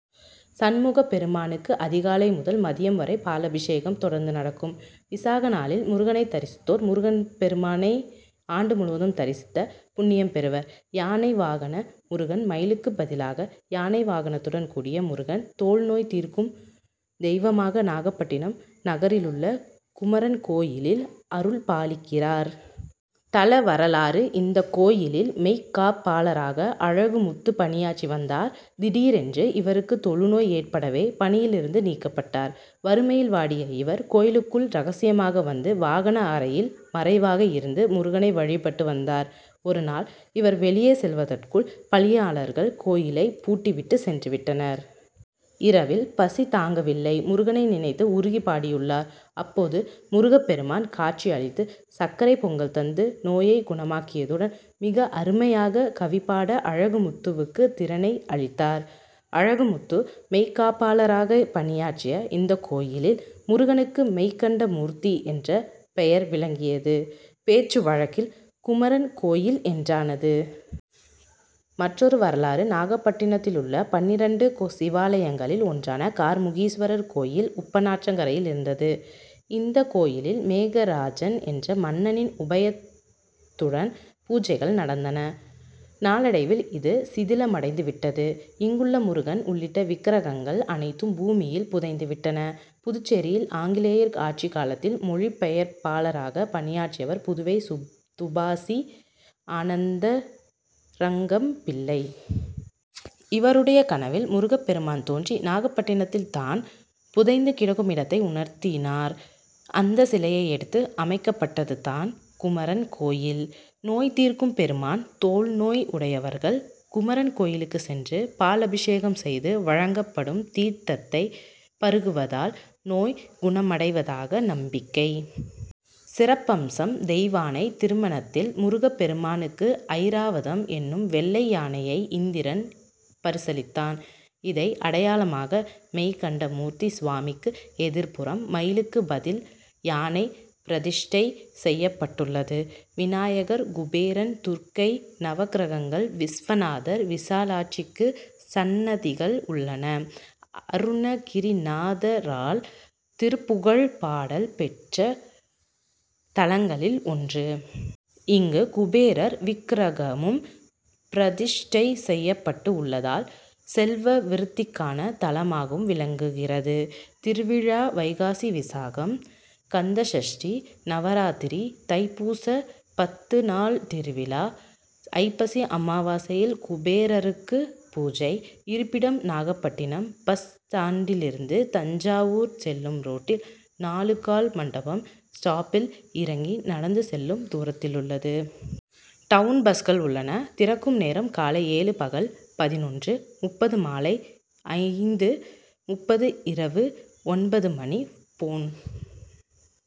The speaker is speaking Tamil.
சண்முகப்பெருமானுக்கு அதிகாலை முதல் மதியம் வரை பாலபிஷேகம் தொடர்ந்து நடக்கும். விசாகநாளில் முருகனைத் தரிசித்தோர் முருகப்பெருமானை ஆண்டு முழுவதும் தரிசித்த புண்ணியம் பெறுவர். யானை வாகன முருகன் மயிலுக்குப் பதிலாக யானை வாகனத்துடன் கூடிய முருகன், தோல் நோய் தீர்க்கும் தெய்வமாக நாகப்பட்டினம் நகரிலுள்ள குமரன் கோயிலில் அருள்பாலிக்கிறார். தல வரலாறு இந்தக் கோயிலில் மெய்க்காப்பாளராக அழகுமுத்து பணியாற்றி வந்தார். திடீரென்று இவருக்கு தொழுநோய் ஏற்படவே, பணியிலிருந்து நீக்கப் பட்டார். வறுமையில் வாடிய இவர், கோயிலுக்குள் ரகசியமாக வந்து, வாகன அறையில் மறைவாக இருந்து முருகனை வழிபட்டு வந்தார். ஒருநாள், இவர் வெளியே செல்வதற்குள், பணியாளர்கள் கோயிலை பூட்டிவிட்டு சென்றுவிட்டனர். இரவில் பசி தாங்கவில்லை. முருகனை நினைத்து உருகி பாடியுள்ளார். அப்போது முருகப்பெருமான் காட்சி அளித்து சர்க்கரை பொங்கல் தந்து, நோயைக் குணமாக்கியதுடன், மிக அருமையாக கவிபாட அழகுமுத்துவுக்கு திறனை அளித்தார். அழகுமுத்து மெய்க்காப்பாளராக பணியாற்றிய இந்தக் கோயிலில், முருகனுக்கு மெய்கண்டமூர்த்தி என்ற பெயர் விளங்கியது. பேச்சு வழக்கில் குமரன் கோயில் என்றானது. மற்றொரு வரலாறு நாகப்பட்டினத்திலுள்ள பன்னிரண்டு சிவாலயங்களில் ஒன்றான கார்முகீஸ்வரர் கோயில் உப்பனாற்றங்கரையில் இருந்தது. இந்த கோயிலில் மேகராஜன் என்ற மன்னனின் உபயத்துடன் பூஜைகள் நடந்தன. நாளடைவில் இது சிதிலமடைந்து விட்டது. இங்குள்ள முருகன் உள்ளிட்ட விக்ரகங்கள் அனைத்தும் பூமியில் புதைந்து விட்டன. புதுச்சேரியில் ஆங்கிலேயர் ஆட்சி காலத்தில் மொழி பெயர்ப்பாளராக பணியாற்றியவர் புதுவை துபாஷி ஆனந்தரங்கம்பிள்ளை. இவருடைய கனவில் முருகப்பெருமான் தோன்றி, நாகப்பட்டினத்ததில், தான் புதைந்து கிடக்கும் இடத்தை உணர்த்தினார். அந்த சிலையை எடுத்து அமைக்கப்பட்டது தான் குமரன் கோயில். நோய் தீர்க்கும் பெருமான் தோல்நோய் உடையவர்கள் குமரன் கோயிலுக்கு சென்று பால் அபிஷேகம் செய்து வழங்கப்படும் தீர்த்தத்தை பருகுவதால் நோய் குணமடைவதாக நம்பிக்கை. சிறப்பம்சம் தெய்வானை திருமணத்தில் முருகப் பெருமானுக்கு ஐராவதம் என்னும் வெள்ளை யானையை இந்திரன் பரிசளித் தான், இதை அடையாளமாக மெய்கண்ட மூர்த்தி சுவாமிக்கு எதிர்ப்புறம், மயிலுக்கு பதில் யானை பிரதிஷ்டை செய்யப்பட்டுள்ளது. விநாயகர், குபேரன், துர்க்கை, நவக்கிரகங்கள், விஸ்வநாதர், விசாலாட்சிக்கு சன்னதிகள் உள்ளன. அருணகிரிநாதரால் திருப்புகழ் பாடல் பெற்ற தலங்களில் ஒன்று. இங்கு குபேரர் விக்ரகமும் பிரதிஷ்டை செய்யப்பட்டு உள்ளதால் செல்வவிருத்திக்கான தலமாகவும் விளங்குகிறது. திருவிழா வைகாசி விசாகம், கந்தசஷ்டி, நவராத்திரி, தைப்பூச பத்து நாள் திருவிழா, ஐப்பசி அம்மாவாசையில் குபேரருக்கு பூஜை. இருப்பிடம் நாகப்பட்டினம் பஸ் ஸ்டாண்டிலிருந்து தஞ்சாவூர் செல்லும் ரோட்டில் நாலுகால் மண்டபம் ஸ்டாப்பில் இறங்கி நடந்து செல்லும் தூரத்திலுள்ளது. டவுன் பஸ்கள் உள்ளன. திறக்கும் நேரம் காலை ஏழு- பகல் பதினொன்று.முப்பது, மாலை ஐந்து.முப்பது- இரவு ஒன்பது மணி. போன்,